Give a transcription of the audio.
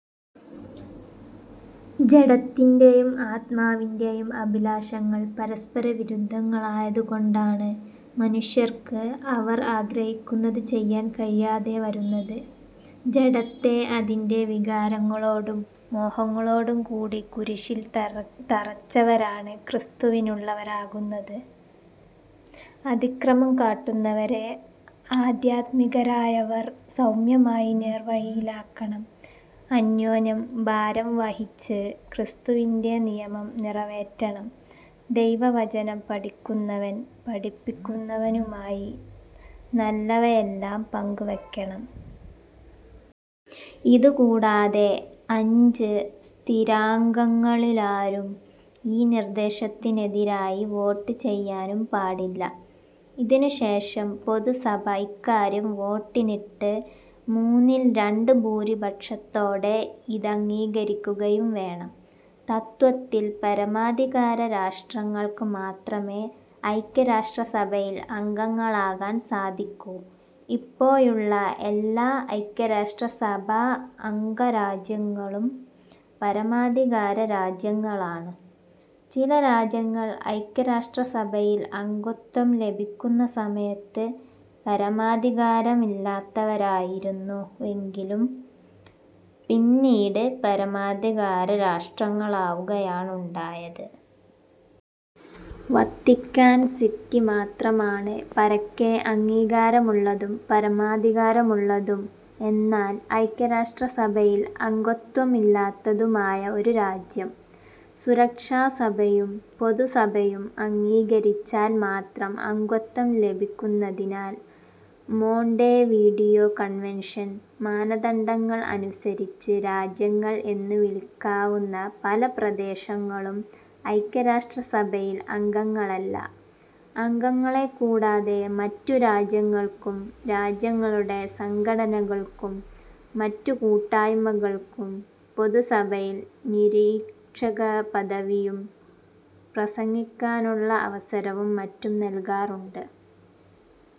ജഡത്തിന്റേയും ആത്മാവിന്റേയും അഭിലാഷങ്ങൾ പരസ്പരവിരുദ്ധങ്ങളായതു കൊണ്ടാണ് മനുഷ്യർക്ക് അവർ ആഗ്രഹിക്കുന്നതു ചെയ്യാൻ കഴിയാതെ വരുന്നത്. ജഡത്തെ അതിന്റെ വികാരങ്ങളോടും മോഹങ്ങളോടും കൂടി കുരിശിൽ തറച്ചവരാണ് ക്രിസ്തുവിനുള്ളവരാകുന്നത്. അതിക്രമം കാട്ടുന്നവരെ ആധ്യാത്മികരായവർ സൗമ്യമായി നേർവഴിയിലാക്കണം. അന്യോന്യം ഭാരം വചിച്ച് ക്രിസ്തുവിന്റെ നിയമം നിറവേറ്റണം. ദൈവവചനം പഠിക്കുന്നവൻ പഠിപ്പിക്കുന്നവനുമായി നല്ലവയെല്ലാം പങ്കുവയ്ക്കണം. ഇതുകൂടാതെ അഞ്ച് സ്ഥിരാംഗങ്ങളിലാരും ഈ നിർദ്ദേശത്തിനെതിരായി വോട്ട് ചെയ്യാനും പാടില്ല. ഇതിനുശേഷം പൊതുസഭ ഇക്കാര്യം വോട്ടിനിട്ട് മൂന്നിൽ രണ്ട് ഭൂരിപക്ഷത്തോടേ ഇതംഗീകരിക്കുകയും വേണം. തത്ത്വത്തിൽ പരമാധികാര രാഷ്ട്രങ്ങൾക്ക് മാത്രമേ ഐക്യരാഷ്ട്രസഭയിൽ അംഗങ്ങളാകാൻ സാധിക്കൂ. ഇപ്പോഴുള്ള എല്ലാ ഐക്യരാഷ്ട്രസഭാ അംഗരാജ്യങ്ങളും പരമാധികാര രാജ്യങ്ങളാണ്. ചില രാജ്യങ്ങൾ ഐക്യരാഷ്ട്രസഭയിൽ അംഗത്വം ലഭിക്കുന്ന സമയത്ത് പരമാധികാരമില്ലാത്തവയായിരുന്നുവെങ്കിലും പിന്നീട് പരമാധികാരരാഷ്ട്രങ്ങളാവുകയാണുണ്ടായത്. വത്തിക്കാൻ സിറ്റി മാത്രമാണ് പരക്കെ അംഗീകാരമുള്ളതും പരമാധികാരമുള്ളതും എന്നാൽ ഐക്യരാഷ്ട്രസഭയിൽ അംഗത്വമില്ലാത്തതുമായ ഒരു രാജ്യം. സുരക്ഷാ സഭയും പൊതുസഭയും അംഗീകരിച്ചാൽ മാത്രം അംഗത്വം ലഭിക്കുന്നതിനാൽ മോണ്ടെവീഡിയോ കൺവെൻഷൻ മാനദണ്ഡങ്ങൾ അനുസരിച്ച് രാജ്യങ്ങൾ എന്ന് വിളിക്കാവുന്ന പല പ്രദേശങ്ങളും ഐക്യരാഷ്ട്രസഭയിൽ അംഗങ്ങളല്ല. അംഗങ്ങളെക്കൂടാതെ മറ്റു രാജ്യങ്ങൾക്കും രാജ്യങ്ങളുടെ സംഘടനകൾക്കും, മറ്റു കൂട്ടായ്മകൾക്കും പൊതുസഭയിൽ നിരീക്ഷകപദവിയും പ്രസംഗിക്കാനുള്ള അവസരവും മറ്റും നൽകാറുണ്ട്.